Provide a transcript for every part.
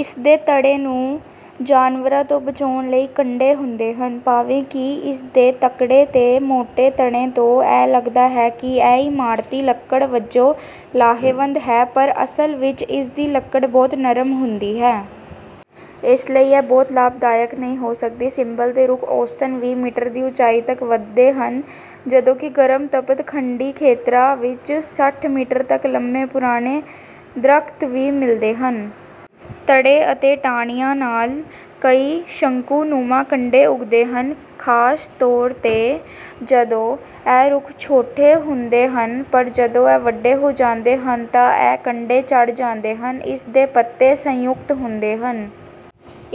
ਇਸ ਦੇ ਤੜੇ ਨੂੰ ਜਾਨਵਰਾਂ ਤੋਂ ਬਚਾਉਣ ਲਈ ਕੰਡੇ ਹੁੰਦੇ ਹਨ। ਭਾਵੇਂ ਕਿ ਇਸ ਦੇ ਤਕੜੇ ਤੇ ਮੋਟੇ ਤਣੇ ਤੋਂ ਇਹ ਲੱਗਦਾ ਹੈ ਕਿ ਇਹ ਇਮਾਰਤੀ ਲੱਕੜ ਵਜੋਂ ਲਾਹੇਵੰਦ ਹੈ, ਪਰ ਅਸਲ ਵਿੱਚ ਇਸ ਦੀ ਲੱਕੜ ਬਹੁਤ ਨਰਮ ਹੁੰਦੀ ਹੈ। ਇਸ ਲਈ ਇਹ ਬਹੁਤੀ ਲਾਭਦਾਇਕ ਨਹੀਂ ਹੋ ਸਕਦੀ। ਸਿੰਬਲ ਦੇ ਰੁੱਖ ਔਸਤਨ ਵੀਹ ਮੀਟਰ ਦੀ ਉਚਾਈ ਤੱਕ ਵਧਦੇ ਹਨ, ਜਦੋਂ ਕਿ ਗਰਮ ਤਪਤ-ਖੰਡੀ ਖੇਤਰਾਂ ਵਿੱਚ ਸੱਠ ਮੀਟਰ ਤੱਕ ਲੰਮੇ ਪੁਰਾਣੇ ਦਰੱਖ਼ਤ ਵੀ ਮਿਲਦੇ ਹਨ। ਤੜੇ ਅਤੇ ਟਾਹਣੀਆਂ ਨਾਲ ਕਈ ਸ਼ੰਕੂ-ਨੁਮਾ ਕੰਡੇ ਉੱਗਦੇ ਹਨ, ਖ਼ਾਸ ਤੌਰ 'ਤੇ ਜਦੋਂ ਇਹ ਰੁੱਖ ਛੋਟੇ ਹੁੰਦੇ ਹਨ। ਪਰ ਜਦੋਂ ਇਹ ਵੱਡੇ ਹੋ ਜਾਂਦੇ ਹਨ ਤਾਂ ਇਹ ਕੰਡੇ ਝੜ ਜਾਂਦੇ ਹਨ। ਇਸ ਦੇ ਪੱਤੇ ਸੰਯੁਕਤ ਹੁੰਦੇ ਹਨ।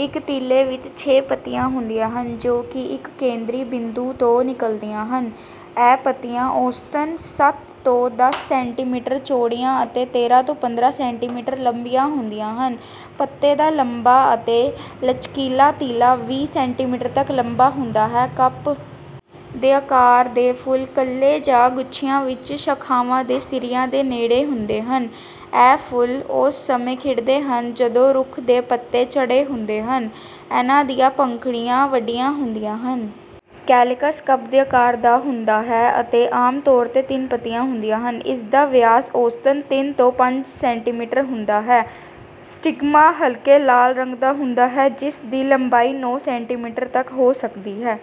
ਇੱਕ ਤੀਲੇ ਵਿੱਚ ਛੇ ਪੱਤੀਆਂ ਹੁੰਦੀਆਂ ਹਨ, ਜੋ ਕਿ ਇੱਕ ਕੇਂਦਰੀ ਬਿੰਦੂ ਤੋਂ ਨਿਕਲਦੀਆਂ ਹਨ। ਇਹ ਪੱਤੀਆਂ ਔਸਤਨ ਸੱਤ ਤੋਂ ਦੱਸ ਸੈਂਟੀਮੀਟਰ ਚੌੜੀਆਂ ਅਤੇ ਤੇਰ੍ਹਾਂ ਤੋਂ ਪੰਦਰਾਂ ਸੈਂਟੀਮੀਟਰ ਲੰਬੀਆਂ ਹੁੰਦੀਆਂ ਹਨ। ਪੱਤੇ ਦਾ ਲੰਬਾ ਅਤੇ ਲਚਕੀਲਾ ਤੀਲਾ ਵੀਹ ਸੈਂਟੀਮੀਟਰ ਤੱਕ ਲੰਬਾ ਹੁੰਦਾ ਹੈ। ਕੱਪ ਦੇ ਆਕਾਰ ਦੇ ਫੁੱਲ ਇਕੱਲੇ ਜਾਂ ਗੁੱਛਿਆਂ ਵਿੱਚ ਸ਼ਾਖਾਵਾਂ ਦੇ ਸਿਰਿਆਂ ਦੇ ਨੇੜੇ ਹੁੰਦੇ ਹਨ। ਇਹ ਫੁੱਲ ਉਸ ਸਮੇਂ ਖਿੜਦੇ ਹਨ, ਜਦੋਂ ਰੁੱਖ ਦੇ ਪੱਤੇ ਝੜੇ ਹੁੰਦੇ ਹਨ। ਇਨ੍ਹਾਂ ਦੀਆਂ ਪੰਖੜੀਆਂ ਵੱਡੀਆਂ ਹੁੰਦੀਆਂ ਹਨ। ਕੈਲੇਕਸ ਕੱਪ ਦੇ ਆਕਾਰ ਦਾ ਹੁੰਦਾ ਹੈ ਅਤੇ ਆਮ ਤੌਰ 'ਤੇ ਤਿੰਨ ਪੱਤੀਆਂ ਹੁੰਦੀਆਂ ਹਨ। ਇਸ ਦਾ ਵਿਆਸ ਔਸਤਨ ਤਿੰਨ ਤੋਂ ਪੰਜ ਸੈਂਟੀਮੀਟਰ ਹੁੰਦਾ ਹੈ। ਸਟਿਗਮਾ ਹਲਕੇ ਲਾਲ ਰੰਗ ਦਾ ਹੁੰਦਾ ਹੈ, ਜਿਸ ਦੀ ਲੰਬਾਈ ਨੌਂ ਸੈਂਟੀਮੀਟਰ ਤੱਕ ਹੋ ਸਕਦੀ ਹੈ।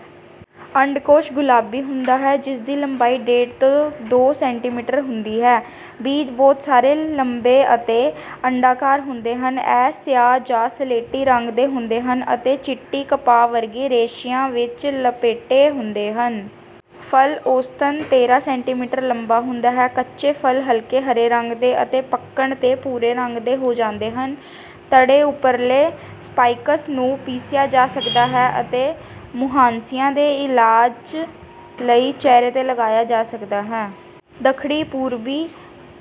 ਅੰਡਕੋਸ਼ ਗੁਲਾਬੀ ਹੁੰਦਾ ਹੈ, ਜਿਸ ਦੀ ਲੰਬਾਈ ਡੇਢ ਤੋਂ ਦੋ ਸੈਂਟੀਮੀਟਰ ਹੁੰਦੀ ਹੈ। ਬੀਜ ਬਹੁਤ ਸਾਰੇ, ਲੰਬੇ ਅਤੇ ਅੰਡਾਕਾਰ ਹੁੰਦੇ ਹਨ। ਇਹ ਸਿਆਹ ਜਾਂ ਸਲੇਟੀ ਰੰਗ ਦੇ ਹੁੰਦੇ ਹਨ ਅਤੇ ਚਿੱਟੀ ਕਪਾਹ ਵਰਗੇ ਰੇਸ਼ਿਆਂ ਵਿੱਚ ਲਪੇਟੇ ਹੁੰਦੇ ਹਨ। ਫਲ ਔਸਤਨ ਤੇਰ੍ਹਾਂ ਸੈਂਟੀਮੀਟਰ ਲੰਬਾ ਹੁੰਦਾ ਹੈ। ਕੱਚੇ ਫਲ ਹਲਕੇ ਹਰੇ ਰੰਗ ਦੇ ਅਤੇ ਪੱਕਣ 'ਤੇ ਭੂਰੇ ਰੰਗ ਦੇ ਹੋ ਜਾਂਦੇ ਹਨ। ਤਣੇ ਉੱਪਰਲੇ ਸਪਾਈਕਸ ਨੂੰ ਪੀਸਿਆ ਜਾ ਸਕਦਾ ਹੈ ਅਤੇ ਮੁਹਾਂਸਿਆਂ ਦੇ ਇਲਾਜ ਲਈ ਚਿਹਰੇ 'ਤੇ ਲਗਾਇਆ ਜਾ ਸਕਦਾ ਹੈ। ਦੱਖਣੀ-ਪੂਰਬੀ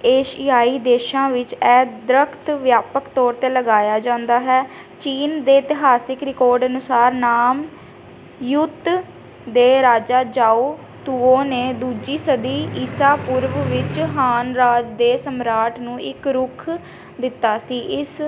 ਏਸ਼ੀਆਈ ਦੇਸ਼ਾਂ ਵਿੱਚ ਇਹ ਦਰੱਖ਼ਤ ਵਿਆਪਕ ਤੌਰ 'ਤੇ ਲਗਾਇਆ ਜਾਂਦਾ ਹੈ। ਚੀਨ ਦੇ ਇਤਿਹਾਸਕ ਰਿਕਾਰਡ ਅਨੁਸਾਰ, ਨਾਮ ਯਿਊਤ ਦੇ ਰਾਜਾ ਜ਼ਾਓ ਤੁਓ ਨੇ ਦੂਜੀ ਸਦੀ ਈਸਾ ਪੂਰਵ ਵਿੱਚ ਹਾਨ ਰਾਜ ਦੇ ਸਮਰਾਟ ਨੂੰ ਇੱਕ ਰੁੱਖ ਦਿੱਤਾ ਸੀ। ਇਸ